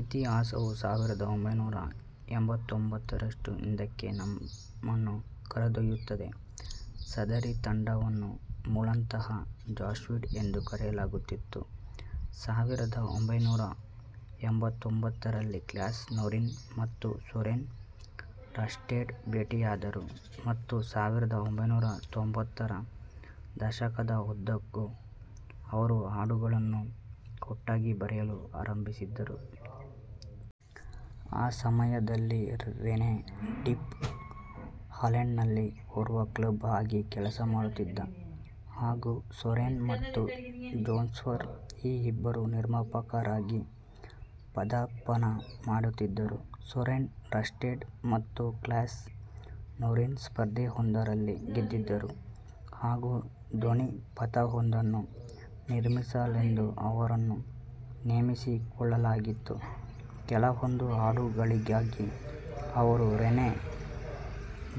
ಇತಿಹಾಸವು ಸಾವಿರದ ಒಂಭೈನೂರ ಎಂಬತ್ತೊಂಬತ್ತರಷ್ಟು ಹಿಂದಕ್ಕೆ ನಮ್ಮನ್ನು ಕರೆದೊಯ್ಯುತ್ತದೆ. ಸದರಿ ತಂಡವನ್ನು ಮೂಲತಃ ಜಾಯ್ಸ್ಪೀಡ್ ಎಂದು ಕರೆಯಲಾಗುತ್ತಿತ್ತು. ಸಾವಿರದ ಒಂಭೈನೂರ ಎಂಬತ್ತೊಂಬತ್ತರಲ್ಲಿ ಕ್ಲೌಸ್ ನೊರೀನ್ ಮತ್ತು ಸೋರೆನ್ ರಾಸ್ಟೆಡ್ ಭೇಟಿಯಾದರು, ಮತ್ತು ಸಾವಿರದ ಒಂಭೈನೂರ ತ್ತೊಂಬತ್ತರ ದಶಕದ ಉದ್ದಕ್ಕೂ ಅವರು ಹಾಡುಗಳನ್ನು ಒಟ್ಟಾಗಿ ಬರೆಯಲು ಆರಂಭಿಸಿದರು. ಆ ಸಮಯದಲ್ಲಿ, ರೆನೆ ಡಿಫ್ ಹಾಲೆಂಡ್ನಲ್ಲಿ ಓರ್ವ ಕ್ಲಬ್ ಆಗಿ ಕೆಲಸಮಾಡುತ್ತಿದ್ದ, ಹಾಗೂ ಸೋರೆನ್ ಮತ್ತು ಜೋನ್ಫಾರ್ ಈ ಇಬ್ಬರೂ ನಿರ್ಮಾಪಕರಾಗಿ ಪಾದಾರ್ಪಣ ಮಾಡುತ್ತಿದ್ದರು. ಸೋರೆನ್ ರಾಸ್ಟೆಡ್ ಮತ್ತು ಕ್ಲೌಸ್ ನೊರೀನ್ ಸ್ಪರ್ಧೆಯೊಂದರಲ್ಲಿ ಗೆದ್ದಿದ್ದರು ಹಾಗೂ ಧ್ವನಿಪಥವೊಂದನ್ನು ನಿರ್ಮಿಸಲೆಂದು ಅವರನ್ನು ನೇಮಿಸಿಕೊಳ್ಳಲಾಗಿತ್ತು. ಕೆಲವೊಂದು ಹಾಡುಗಳಿಗಾಗಿ ಅವರು ರೆನೆ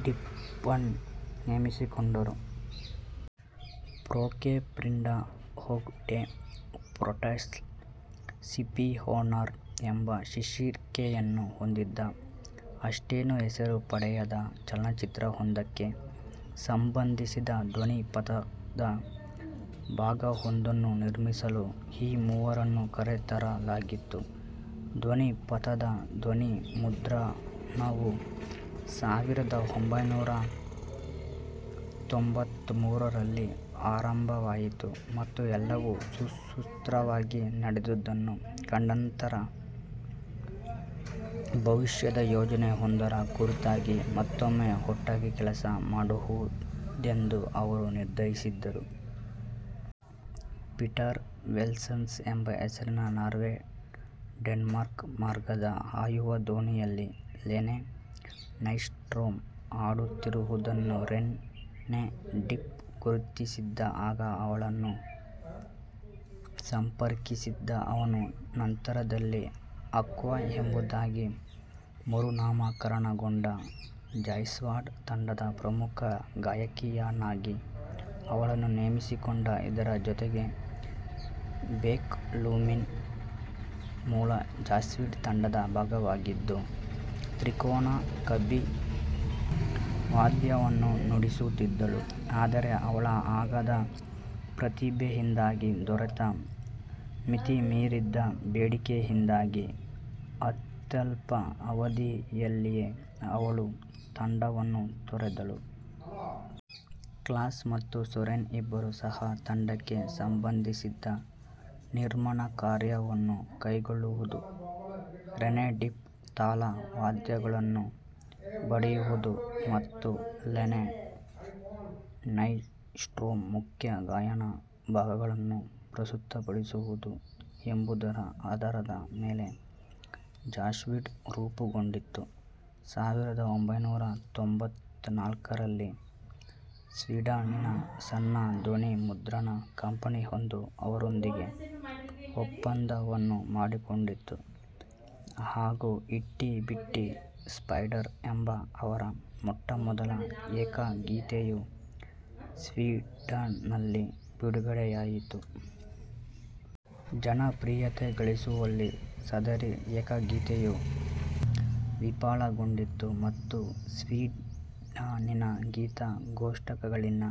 ಡಿಫ್ನನ್ನು ನೇಮಿಸಿಕೊಂಡರು. ಫ್ರೇಕ್ಕೆ ಫ್ರಿಂಡಾ ಒಗ್ ಡೆ ಫ್ರೈಟ್ಲೋಸ್ ಸ್ಪಿಯೋನರ್ ಎಂಬ ಶೀರ್ಷಿಕೆಯನ್ನು ಹೊಂದಿದ್ದ, ಅಷ್ಟೇನೂ ಹೆಸರು ಪಡೆಯದ ಚಲನಚಿತ್ರವೊಂದಕ್ಕೆ ಸಂಬಂಧಿಸಿದ ಧ್ವನಿಪಥದ ಭಾಗವೊಂದನ್ನು ನಿರ್ಮಿಸಲು ಈ ಮೂವರನ್ನೂ ಕರೆತರಲಾಗಿತ್ತು. ಧ್ವನಿಪಥದ ಧ್ವನಿಮುದ್ರಣವು ಸಾವಿರದ ಒಂಭೈನೂರ ತ್ತೊಂಬತ್ಮೂರರಲ್ಲಿ ಆರಂಭವಾಯಿತು, ಮತ್ತು ಎಲ್ಲವೂ ಸುಸೂತ್ರವಾಗಿ ನಡೆದುದನ್ನು ಕಂಡನಂತರ, ಭವಿಷ್ಯದ ಯೋಜನೆಯೊಂದರ ಕುರಿತಾಗಿ ಮತ್ತೊಮ್ಮೆ ಒಟ್ಟಾಗಿ ಕೆಲಸ ಮಾಡುವುದೆಂದು ಅವರು ನಿರ್ಧರಿಸಿದರು. ಪೀಟರ್ ವೆಸ್ಸೆಲ್ ಎಂಬ ಹೆಸರಿನ ನಾರ್ವೆ–ಡೆನ್ಮಾರ್ಕ್ ಮಾರ್ಗದ ಹಾಯುವ ದೋಣಿಯಲ್ಲಿ ಲೆನೆ ನೈಸ್ಟ್ರೋಮ್ ಹಾಡುತ್ತಿರುವುದನ್ನು ರೆನೆ ಡಿಫ್ ಗುರುತಿಸಿದ. ಆಗ ಅವಳನ್ನು ಸಂಪರ್ಕಿಸಿದ ಅವನು, ನಂತರದಲ್ಲಿ ಆಕ್ವಾ ಎಂಬುದಾಗಿ ಮರುನಾಮಕರಣಗೊಂಡ ಜಾಯ್ಸ್ಪೀಡ್ ತಂಡದ ಪ್ರಮುಖ ಗಾಯಕಿಯನ್ನಾಗಿ ಅವಳನ್ನು ನೇಮಿಸಿಕೊಂಡ. ಇದರ ಜೊತೆಗೆ, ಬೆಕ್ ಲುವೀನ್ ಮೂಲ ಜಾಯ್ಸ್ಪೀಡ್ ತಂಡದ ಭಾಗವಾಗಿದ್ದು, ತ್ರಿಕೋನ ಕಂಬಿವಾದ್ಯವನ್ನು ನುಡಿಸುತ್ತಿದ್ದಳು; ಆದರೆ ಅವಳ ಅಗಾಧ ಪ್ರತಿಭೆಯಿಂದಾಗಿ ದೊರೆತ ಮಿತಿಮೀರಿದ ಬೇಡಿಕೆಯಿಂದಾಗಿ ಅತ್ಯಲ್ಪ ಅವಧಿಯಲ್ಲಿಯೇ ಅವಳು ತಂಡವನ್ನು ತೊರೆದಳು. ಕ್ಲೌಸ್ ಮತ್ತು ಸೋರೆನ್ ಇಬ್ಬರೂ ಸಹ ತಂಡಕ್ಕೆ ಸಂಬಂಧಿಸಿದ ನಿರ್ಮಾಣಕಾರ್ಯವನ್ನು ಕೈಗೊಳ್ಳುವುದು, ರೆನೆ ಡಿಫ್ ತಾಳವಾದ್ಯಗಳನ್ನು ಬಡಿಯುವುದು ಮತ್ತು ಲೆನೆ ನೈಸ್ಟ್ರೋಮ್ ಮುಖ್ಯ ಗಾಯನ ಭಾಗಗಳನ್ನು ಪ್ರಸ್ತುತಪಡಿಸುವುದು ಎಂಬುದರ ಆಧಾರದ ಮೇಲೆ ಜಾಯ್ಸ್ಪೀಡ್ ರೂಪುಗೊಂಡಿತ್ತು. ಸಾವಿರದ ಒಂಭೈನೂರ ತ್ತೊಂಬತ್ನಾಲ್ಕರಲ್ಲಿ ಸ್ವೀಡನ್ನಿನ ಸಣ್ಣ ಧ್ವನಿಮುದ್ರಣ ಕಂಪನಿಯೊಂದು ಅವರೊಂದಿಗೆ ಒಪ್ಪಂದವನ್ನು ಮಾಡಿಕೊಂಡಿತು, ಹಾಗೂ "ಇಟ್ಜಿ ಬಿಟ್ಜಿ ಸ್ಪೈಡರ್" ಎಂಬ ಅವರ ಮೊಟ್ಟಮೊದಲ ಏಕಗೀತೆಯು ಸ್ವೀಡನ್ನಲ್ಲಿ ಬಿಡುಗಡೆಯಾಯಿತು. ಜನಪ್ರಿಯತೆ ಗಳಿಸುವಲ್ಲಿ ಸದರಿ ಏಕಗೀತೆಯು ವಿಫಲಗೊಂಡಿತು ಮತ್ತು ಸ್ವೀಡನ್ನಿನ ಗೀತ-ಕೋಷ್ಟಕಗಳಲ್ಲಿನ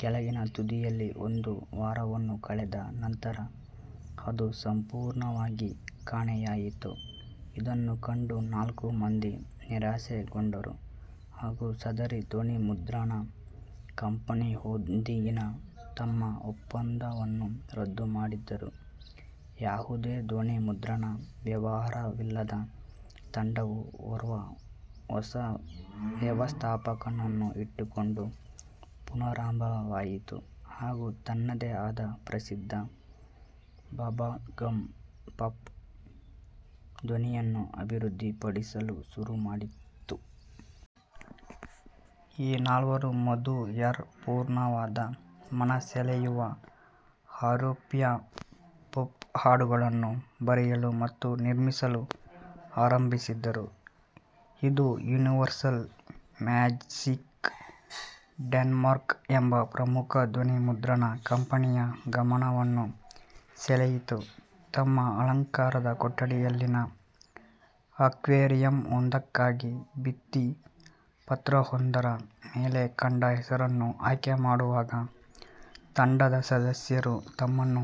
ಕೆಳಗಿನ ತುದಿಯಲ್ಲಿ ಒಂದು ವಾರವನ್ನು ಕಳೆದ ನಂತರ ಅದು ಸಂಪೂರ್ಣವಾಗಿ ಕಾಣೆಯಾಯಿತು. ಇದನ್ನು ಕಂಡು ನಾಲ್ಕೂ ಮಂದಿ ನಿರಾಶೆಗೊಂಡರು ಹಾಗೂ ಸದರಿ ಧ್ವನಿಮುದ್ರಣ ಕಂಪನಿಯೊಂದಿಗಿನ ತಮ್ಮ ಒಪ್ಪಂದವನ್ನು ರದ್ದುಮಾಡಿದರು. ಯಾವುದೇ ಧ್ವನಿಮುದ್ರಣ ವ್ಯವಹಾರವಿಲ್ಲದ ತಂಡವು ಓರ್ವ ಹೊಸ ವ್ಯವಸ್ಥಾಪಕನನ್ನು ಇಟ್ಟುಕೊಂಡು ಪುನರಾರಂಭವಾಯಿತು ಹಾಗೂ ತನ್ನದೇ ಆದ ಪ್ರಸಿದ್ಧ ಬಬಲ್ಗಮ್ ಪಾಪ್ ಧ್ವನಿಯನ್ನು ಅಭಿವೃದ್ಧಿಪಡಿಸಲು ಶುರುಮಾಡಿತು. ಈ ನಾಲ್ವರೂ ಮಾಧುರ್ಯಪೂರ್ಣವಾದ, ಮನಸೆಳೆಯುವ ಐರೋಪ್ಯ ಪಾಪ್ ಹಾಡುಗಳನ್ನು ಬರೆಯಲು ಮತ್ತು ನಿರ್ಮಿಸಲು ಆರಂಭಿಸಿದರು. ಇದು ಯೂನಿವರ್ಸಲ್ ಮ್ಯೂಸಿಕ್ ಡೆನ್ಮಾರ್ಕ್ ಎಂಬ ಪ್ರಮುಖ ಧ್ವನಿಮುದ್ರಣ ಕಂಪನಿಯ ಗಮನವನ್ನು ಸೆಳೆಯಿತು. ತಮ್ಮ ಅಲಂಕಾರದ ಕೊಠಡಿಯಲ್ಲಿನ ಆಕ್ವೇರಿಯಂ ಒಂದಕ್ಕಾಗಿ ಭಿತ್ತಿಪತ್ರವೊಂದರ ಮೇಲೆ ಕಂಡ ಹೆಸರನ್ನು ಆಯ್ಕೆಮಾಡುವಾಗ, ತಂಡದ ಸದಸ್ಯರು ತಮ್ಮನ್ನು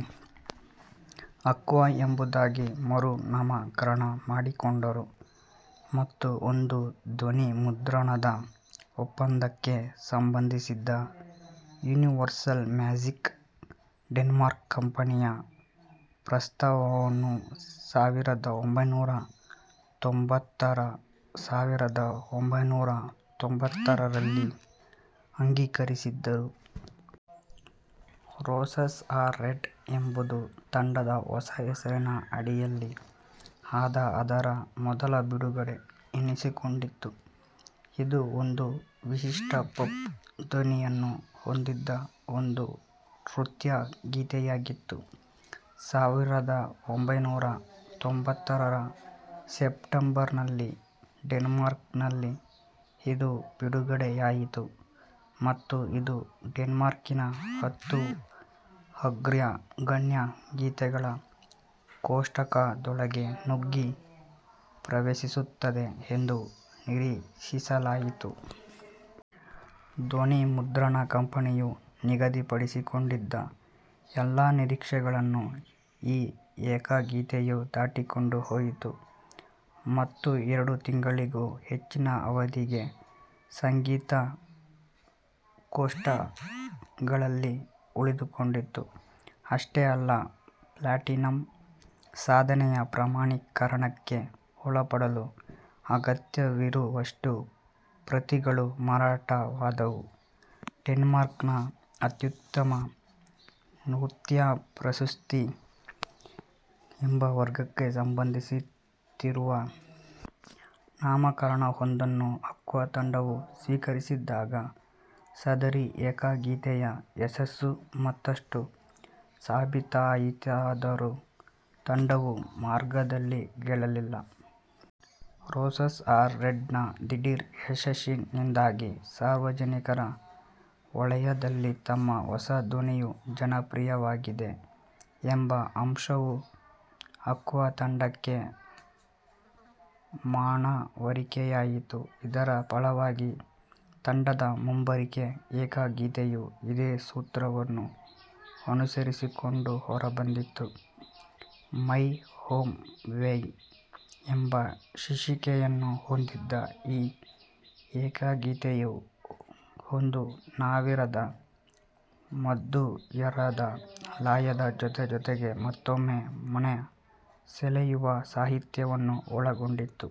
ಆಕ್ವಾ ಎಂಬುದಾಗಿ ಮರುನಾಮಕರಣ ಮಾಡಿಕೊಂಡರು, ಮತ್ತು ಒಂದು ಧ್ವನಿಮುದ್ರಣದ ಒಪ್ಪಂದಕ್ಕೆ ಸಂಬಂಧಿಸಿದ ಯೂನಿವರ್ಸಲ್ ಮ್ಯೂಸಿಕ್ ಡೆನ್ಮಾರ್ಕ್ ಕಂಪನಿಯ ಪ್ರಸ್ತಾವವನ್ನು ಸಾವಿರದ ಒಂಭೈನೂರ ತ್ತೊಂಬತ್ತಾರಸಾವಿರದ ಒಂಭೈನೂರ ತ್ತೊಂಬತ್ತಾರರಲ್ಲಿ ಅಂಗೀಕರಿಸಿದರು. "ರೋಸಸ್ ಆರ್ ರೆಡ್" ಎಂಬುದು ತಂಡದ ಹೊಸ ಹೆಸರಿನ ಅಡಿಯಲ್ಲಿ ಆದ ಅದರ ಮೊದಲ ಬಿಡುಗಡೆ ಎನಿಸಿಕೊಂಡಿತು. ಇದು ಒಂದು ವಿಶಿಷ್ಟ ಪಾಪ್ ಧ್ವನಿಯನ್ನು ಹೊಂದಿದ್ದ ಒಂದು ನೃತ್ಯಗೀತೆಯಾಗಿತ್ತು. ಸಾವಿರದ ಒಂಭೈನೂರ ತ್ತೊಂಬತ್ತಾರರ ಸೆಪ್ಟೆಂಬರ್ನಲ್ಲಿ, ಡೆನ್ಮಾರ್ಕ್ನಲ್ಲಿ ಇದು ಬಿಡುಗಡೆಯಾಯಿತು, ಮತ್ತು ಇದು ಡೆನ್ಮಾರ್ಕಿನ ಹತ್ತು ಅಗ್ರಗಣ್ಯ ಗೀತೆಗಳ ಕೋಷ್ಟಕದೊಳಗೆ ನುಗ್ಗಿ ಪ್ರವೇಶಿಸುತ್ತದೆ ಎಂದು ನಿರೀಕ್ಷಿಸಲಾಯಿತು. ಧ್ವನಿಮುದ್ರಣ ಕಂಪನಿಯು ನಿಗದಿಪಡಿಸಿಕೊಂಡಿದ್ದ ಎಲ್ಲಾ ನಿರೀಕ್ಷೆಗಳನ್ನು ಈ ಏಕಗೀತೆಯು ದಾಟಿಕೊಂಡು ಹೋಯಿತು, ಮತ್ತು ಎರಡು ತಿಂಗಳುಗಳಿಗೂ ಹೆಚ್ಚಿನ ಅವಧಿಗೆ ಸಂಗೀತ-ಕೋಷ್ಟಕಗಳಲ್ಲಿ ಉಳಿದುಕೊಂಡಿತು. ಅಷ್ಟೇ ಅಲ್ಲ, ಪ್ಲಾಟಿನಂ ಸಾಧನೆಯ ಪ್ರಮಾಣೀಕರಣಕ್ಕೆ ಒಳಪಡಲು ಅಗತ್ಯವಿರುವಷ್ಟು ಪ್ರತಿಗಳು ಮಾರಾಟವಾದವು. "ಡೆನ್ಮಾರ್ಕಿನ ಅತ್ಯುತ್ತಮ ನೃತ್ಯ ಪ್ರಸ್ತುತಿ" ಎಂಬ ವರ್ಗಕ್ಕೆ ಸಂಬಂಧಿಸಿದಂತಿರುವ ನಾಮಕರಣವೊಂದನ್ನು ಆಕ್ವಾ ತಂಡವು ಸ್ವೀಕರಿಸಿದಾಗ ಸದರಿ ಏಕಗೀತೆಯ ಯಶಸ್ಸು ಮತ್ತಷ್ಟು ಸಾಬೀತಾಯಿತಾದರೂ, ತಂಡವು ಈ ವರ್ಗದಲ್ಲಿ ಗೆಲ್ಲಲಿಲ್ಲ. "ರೋಸಸ್ ಆರ್ ರೆಡ್"ನ ದಿಢೀರ್ ಯಶಸ್ಸಿನಿಂದಾಗಿ, ಸಾರ್ವಜನಿಕರ ವಲಯದಲ್ಲಿ ತಮ್ಮ ಹೊಸ ಧ್ವನಿಯು ಜನಪ್ರಿಯವಾಗಿದೆ ಎಂಬ ಅಂಶವು ಆಕ್ವಾ ತಂಡಕ್ಕೆ ಮನವರಿಕೆಯಾಯಿತು. ಇದರ ಫಲವಾಗಿ ತಂಡದ ಮುಂಬರಿಕೆ ಏಕಗೀತೆಯು ಇದೇ ಸೂತ್ರವನ್ನು ಅನುಸರಿಸಿಕೊಂಡು ಹೊರಬಂದಿತು. "ಮೈ ಓಹ್ ಮೈ" ಎಂಬ ಶೀರ್ಷಿಕೆಯನ್ನು ಹೊಂದಿದ್ದ ಈ ಏಕಗೀತೆಯು, ಒಂದು ನವಿರಾದ, ಮಾಧುರ್ಯದ ಲಯದ ಜೊತೆಜೊತೆಗೆ ಮತ್ತೊಮ್ಮೆ ಮನಸೆಳೆಯುವ ಸಾಹಿತ್ಯವನ್ನು ಒಳಗೊಂಡಿತ್ತು.